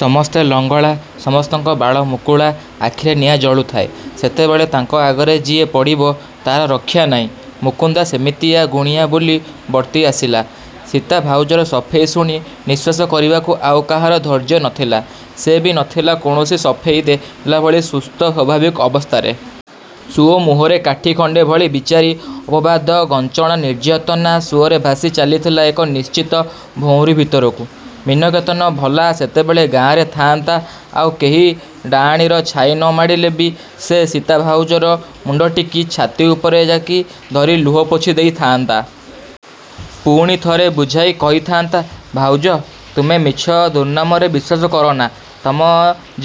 ସମସ୍ତେ ଲଙ୍ଗଳା, ସମସ୍ତଙ୍କ ବାଳ ମୁକୁଳା; ଆଖିରେ ନିଆଁ ଜଳୁଥାଏ। ସେତେବେଳେ ତାଙ୍କ ଆଗରେ ଯିଏ ପଡ଼ିବ, ତା'ର ରକ୍ଷା ନାହିଁ। ମୁକୁନ୍ଦା ସେମିତିଆ ଗୁଣିଆ ବୋଲି ବର୍ତ୍ତି ଆସିଲା। ସୀତା ଭାଉଜର ସଫେଇ ଶୁଣି ନିଶ୍ୱାସ କରିବାକୁ ଆଉ କାହାରି ଧୈର୍ଯ୍ୟ ନଥିଲା। ସେ ବି ନଥିଲା କୌଣସି ସଫେଇ ଦେଲାଭଳି ସୁସ୍ଥ ସ୍ୱାଭାବିକ ଅବସ୍ଥାରେ। ସୁଅ ମୁହଁରେ କାଠି ଖଣ୍ଡେ ଭଳି ବିଚାରୀ ଅପବାଦ ଗଞ୍ଜଣା ନିର୍ଯ୍ୟାତନା ସୁଅରେ ଭାସି ଚାଲିଥିଲା ଏକ ନିଶ୍ଚିତ ଭଉଁରୀ ଭିତରକୁ। ମୀନକେତନ ଭଲା ସେତେବେଳେ ଗାଁରେ ଥାଆନ୍ତା ଆଉ କେହି ଡାଆଣୀର ଛାଇ ନ ମାଡ଼ିଲେ ବି ସେ ସୀତା ଭାଉଜର ମୁଣ୍ଡଟିକି ଛାତି ଉପରେ ଯାକି ଧରି ଲୁହ ପୋଛି ଦେଇ ଥାଆନ୍ତା। ପୁଣିଥରେ ବୁଝାଇ କହିଥାନ୍ତା–ଭାଉଜ, ତୁମେ ମିଛ ଦୁର୍ନାମରେ ବିଶ୍ୱାସ କରନା। ତମ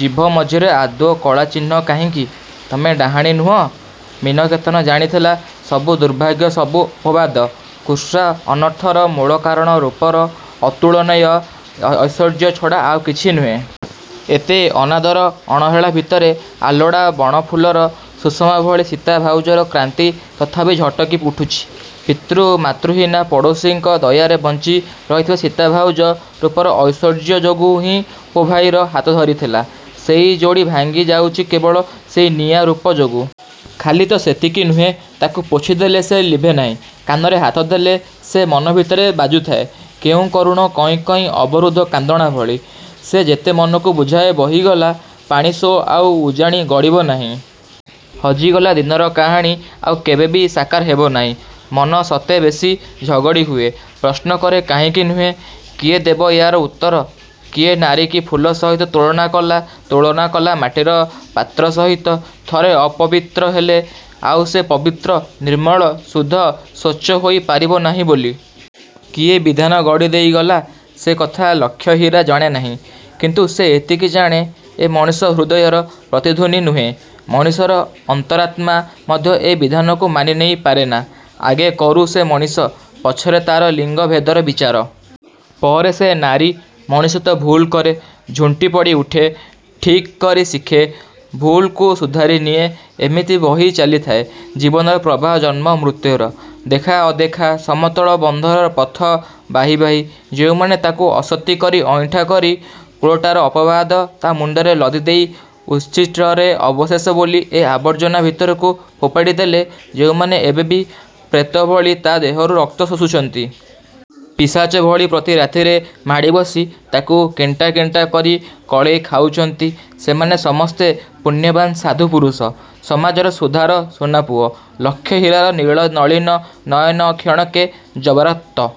ଜିଭ ମଝିରେ ଆଦୌ କଳା ଚିହ୍ନ କାହିଁକି; ତମେ ଡାହାଣୀ ନୁହଁ। ମୀନକେତନ ଜାଣିଥିଲା, ସବୁ ଦୁର୍ଭାଗ୍ୟ ସବୁ ଅପବାଦ, କୁତ୍ସା ଅନର୍ଥର ମୂଳ କାରଣ ରୂପର ଅତୁଳନୀୟ ଐଶ୍ୱର୍ଯ୍ୟ ଛଡ଼ା ଆଉ କିଛି ନୁହେଁ। ଏତେ ଅନାଦର ଅଣହେଳା ଭିତରେ ଅଲୋଡ଼ା ବଣଫୁଲର ସୁଷମାଭଳି ସୀତା ଭାଉଜର କ୍ରାନ୍ତି ତଥାପି ଝଟକି ଉଠୁଛି। ପିତୃ ମାତୃହୀନା ପଡ଼ୋଶୀଙ୍କ ଦୟାରେ ବଞ୍ଚି ରହିଥିବା ସୀତା ଭାଉଜ ରୂପର ଐଶ୍ୱର୍ଯ୍ୟ ଯୋଗୁ ହିଁ ଉପଭାଇର ହାତ ଧରିଥିଲା। ସେଇ ଯୋଡ଼ି ଭାଙ୍ଗି ଯାଉଛି କେବଳ ସେଇ ନିଆଁ ରୂପ ଯୋଗୁ। ଖାଲି ତ ସେତିକି ନୁହେ।। ତାକୁ ପୋଛି ଦେଲେ ସେ ଲିଭେ ନାହିଁ। କାନରେ ହାତ ଦେଲେ ସେ ମନ ଭିତରେ ବାଜୁଥାଏ, କେଉଁ କରୁଣ କଇଁ କଇଁ ଅବରୁଦ୍ଧ କାନ୍ଦଣା ଭଳି। ସେ ଯେତେ ମନକୁ ବୁଝାଏ ବହିଗଲା ପାଣିସୁଅ ଆଉ ଉଜାଣି ଗଡ଼ିବ ନାହିଁ! ହଜିଗଲା ଦିନର କାହାଣୀ ଆଉ କେବେ ବି ସାକାର ହେବନାହିଁ। ମନ ସେତେ ବେଣୀ ଝଗଡ଼ି ହୁଏ। ପ୍ରଶ୍ନ କରେ କାହିଁକି ନୁହେଁ? କିଏ ଦେବ ୟା'ର ଉତ୍ତର? କିଏ ନାରୀକି ଫୁଲ ସହିତ ତୁଳନା କଲା, ତୁଳନା କଲା ମାଟିର ପାତ୍ର ସହିତ। ଥରେ ଅପବିତ୍ର ହେଲେ, ଆଉ ସେ ପବିତ୍ର, ନିର୍ମଳ, ଶୁଦ୍ଧ, ସ୍ୱଚ୍ଛ ହୋଇ ପାରିବ ନାହିଁ ବୋଲି। କିଏ ବିଧାନ ଗଡ଼ି ଦେଇଗଲା! ସେ କଥା ଲକ୍ଷହୀରା ଜାଣେ ନାହିଁ। କିନ୍ତୁ ସେ ଏତିକି ଜାଣେ, ଏ ମଣିଷ ହୃଦୟର ପ୍ରତିଧ୍ୱନି ନୁହେଁ! ମଣିଷର ଅନ୍ତରାତ୍ମା ମଧ୍ୟ ଏ ବିଧାନକୁ ମାନି ନେଇ ପାରେନା। ଆଗେ କରୁ ସେ ମଣିଷ। ପଛରେ ତା'ର ଲିଙ୍ଗ ଭେଦର ବିଚାର! ପରେ ସେ ନାରୀ। ମଣିଷ ତ ଭୁଲ୍ କରେ? ଝୁଣ୍ଟି ପଡ଼ି ଉଠେ! ଠକି କରି ଶିଖେ! ଭୁଲ୍କୁ ସୁଧାରି ନିଏ। ଏମିତି ବହି ଚାଲିଥାଏ ଜୀବନର ପ୍ରବାହ ଜନ୍ମ ମୃତ୍ୟୁର, ଦେଖା ଅଦେଖା, ସମତଳ ବନ୍ଧର ପଥ ବାହି ବାହି। ଯେଉଁମାନେ ତାକୁ ଅସତୀ କରି ଅଇଁଠା କରି, କୁଳଟାର ଅପବାଦ ତା' ମୁଣ୍ଡରେ ଲଦିଦେଇ ଉଚ୍ଛିଷ୍ଟର ଅବଶେଷ ବୋଲି ଏ ଆବର୍ଜନା ଭିତରକୁ ଫୋପାଡ଼ି ଦେଲେ, ଯେଉଁମାନେ ଏବେ ବି ପ୍ରେତଭଳି ତା' ଦେହରୁ ରକ୍ତ ଶୋଷୁଛନ୍ତି। ପିଶାଚ ଭଳି, ପ୍ରତି ରାତିରେ ମାଡ଼ିବସି, ତାକୁ କେଣ୍ଟା କେଣ୍ଟା କରି କେଳେଇ ଖାଉଛନ୍ତି, ସେମାନେ ସମସ୍ତେ ପୁଣ୍ୟବାନ୍ ସାଧୁ ପୁରୁଷ! ସମାଜର ସୁଧାର ସୁନାପୁଅ। ଲକ୍ଷ ହୀରାର ନୀଳ ନଳୀନ ନୟନ କ୍ଷଣକେ ଯବାରକ୍ତ